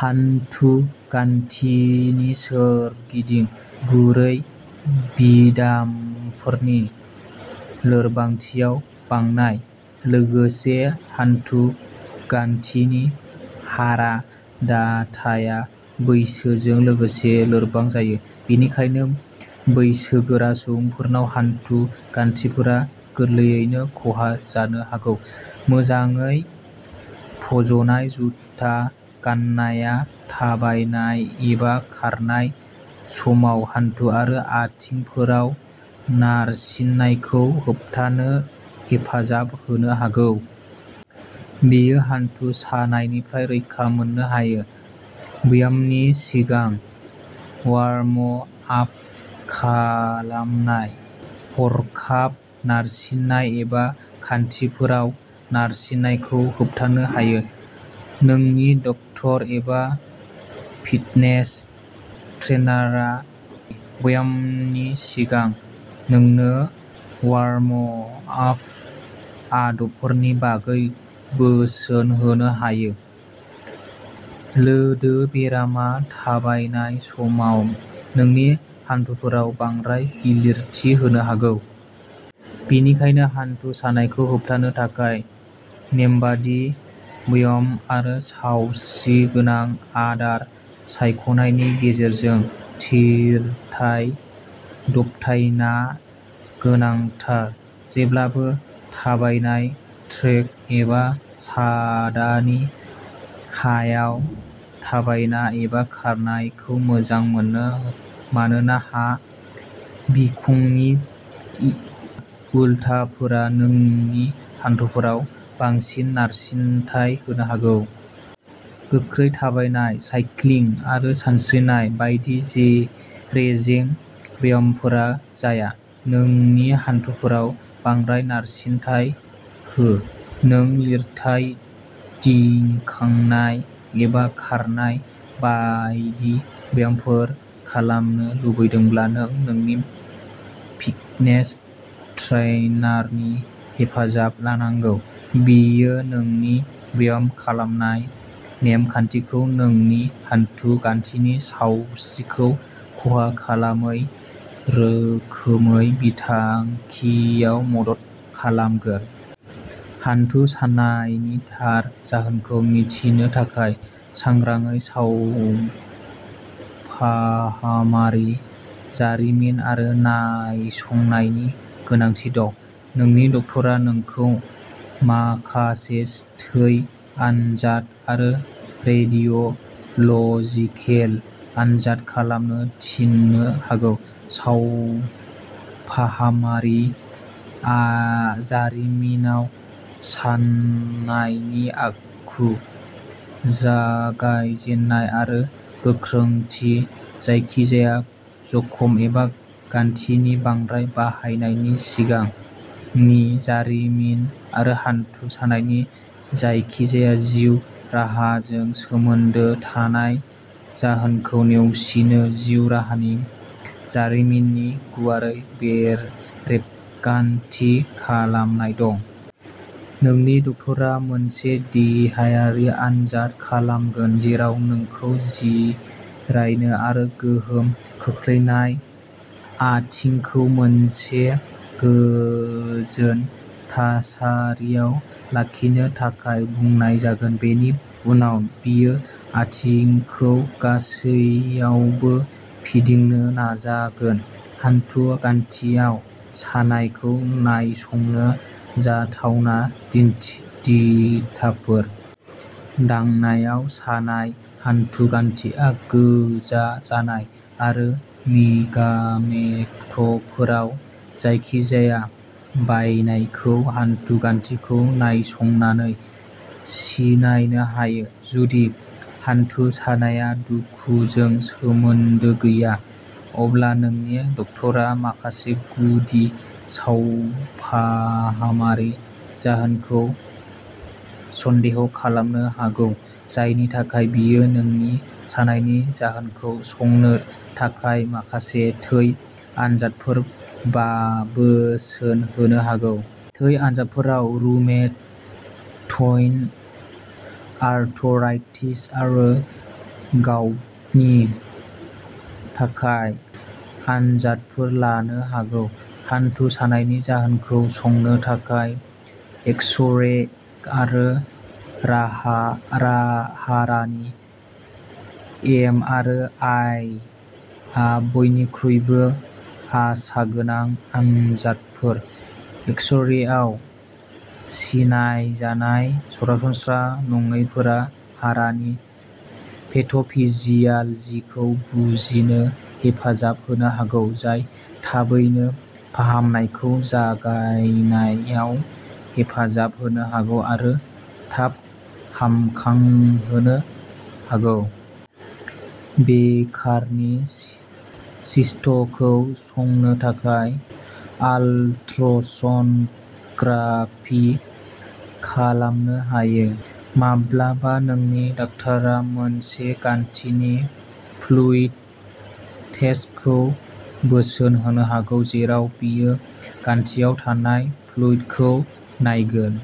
हान्थु गान्थिनि सोरगिदिं गुरै बिदामफोरनि लोरबांथियाव बांनाय। लोगोसे, हान्थु गान्थिनि हारा दाथाया बैसोजों लोगोसे लोरबां जायो। बेनिखायनो, बैसोगोरा सुबुंफोरनाव हान्थु गान्थिफोरा गोरलैयैनो खहा जानो हागौ। मोजाङै फज'नाय जुथा गान्नाया थाबायनाय एबा खारनाय समाव हान्थु आरो आथिंफोराव नारसिननायखौ होबथानो हेफाजाब होनो हागौ। बेयो हान्थु सानायनिफ्राय रैखा मोननो हायो। ब्यामनि सिगां वार्म-आप खालामनाया हरखाब नारसिननाय एबा खान्थिफोराव नारसिननायखौ होबथानो हायो। नोंनि डाक्टार एबा फिटनेस ट्रेइनारआ ब्यामनि सिगां नोंनो वार्म-आप आदबफोरनि बागै बोसोन होनो हायो। लोदोबेरामआ थाबायनाय समाव नोंनि हान्थुफोराव बांद्राय गिलिरथि होनो हागौ। बेनिखायनो, हान्थु सानायखौ होबथानो थाखाय नेमबादि ब्याम आरो सावस्रिगोनां आदार सायख'नायनि गेजेरजों थिरथाइ दबथायना गोनांथार। जेब्लाबो थाबायनाय ट्रेक एबा सादानि हायाव थाबायनाय एबा खारनायखौ मोजां मोनो मानोना हा बिखंनि उलथाफोरा नोंनि हान्थुफोराव बांसिन नारसिनथाय होनो हागौ। गोख्रै थाबायनाय, साइक्लिं आरो सानस्रिनाय बायदि रेजें ब्यामफोरा जाया। नोंनि हान्थुफोराव बांद्राय नारसिनथाय हो। नों लिरथाय दिखांनाय एबा खारनाय बायदि ब्यामफोर खालामनो लुबैदोंब्ला, नों नोंनि फिटनेस ट्रेइनारनि हेफाजाब लानांगौ। बियो नोंनि ब्याम खालामनाय नेम-खान्थिखौ नोंनि हान्थु गान्थिनि सावस्रिखौ खहा खालामै रोखोमै बिथांखियाव मदद खालामगोन। हान्थु सानायनि थार जाहोनखौ मिथिनो थाखाय, सांग्राङै सावफाहामारि जारिमिन आरो नायसंनायनि गोनांथि दं। नोंनि डाक्टारआ नोंखौ माखासे थै आनजाद आरो रेडिय' ल'जिकेल आनजाद खालामनो थिननो हागौ। सावफाहामारि जारिमिनाव सानायनि आखु, जागायजेन्नाय आरो गोख्रोंथि, जायखिजाया जखम एबा गान्थिनि बांद्राय बाहायनायनि सिगांनि जारिमिन आरो हान्थु सानायनि जायखिजाया जिउ राहाजों सोमोन्दो थानाय जाहोनखौ नेवसिनो जिउ राहानि जारिमिननि गुवारै रेबगान्थि खालामनाय दं। नोंनि डाक्टारआ मोनसे देहायारि आनजाद खालामगोन जेराव नोंखौ जिरायनो आरो गोहोम खोख्लैजानाय आथिंखौ मोनसे गोजोन थासारियाव लाखिनो थाखाय बुंनाय जागोन। बेनि उनाव बियो आथिंखौ गासैयावबो फिदिंनो नाजागोन। हानथु गान्थिआव सानायखौ नायसंनो जाथावना दिथाफोर। दांनायाव सानाय, हानथु गान्थिआव गोजा जानाय, आरो लिगामेन्टफोराव जायखिजाया बायनायखौ हानथु गान्थाखौ नायसंनानै सिनायनो हायो। जुदि हानथु सानाया दुखुजों सोमोन्दो गैया, अब्ला नोंनि डाक्टारआ माखासे गुदि सावफाहामारि जाहोनखौ सन्देह खालामनो हागौ, जायनि थाखाय बियो नोंनि सानायनि जाहोनखौ संनो थाखाय माखासे थै आनजादफोर बोसोन होनो हागौ। थै आनजादफोराव रुमेटइड आर्थराइटिस आरो गाउटनि थाखाय आनजादफोर लानो हागौ। हानथु सानायनि जाहोनखौ संनो थाखाय एक्स-रे आरो राहा रा हारानि एम आरो आइ आ बयनिख्रुइबो आसागोनां आनजादफोर। एक्स-रेआव सिनायजानाय सरासनस्रा नङैफोरा हारानि पेथ'फिजियालजिखौ बुजिनो हेफाजाब होनो हागौ, जाय थाबैनो फाहामनायखौ जागायनायाव हेफाजाब होनो हागौ आरो थाब हामखांहोनो हागौ। बेकारनि सिस्टखौ संनो थाखाय आल्ट्रासन'ग्राफि खालामनो हायो। माब्लाबा, नोंनि डाक्टारआ मोनसे गान्थिनि फ्लुइड टेस्टखौ बोसोन होनो हागौ जेराव बियो गान्थिआव थानाय फ्लुइड खौ नायगोन।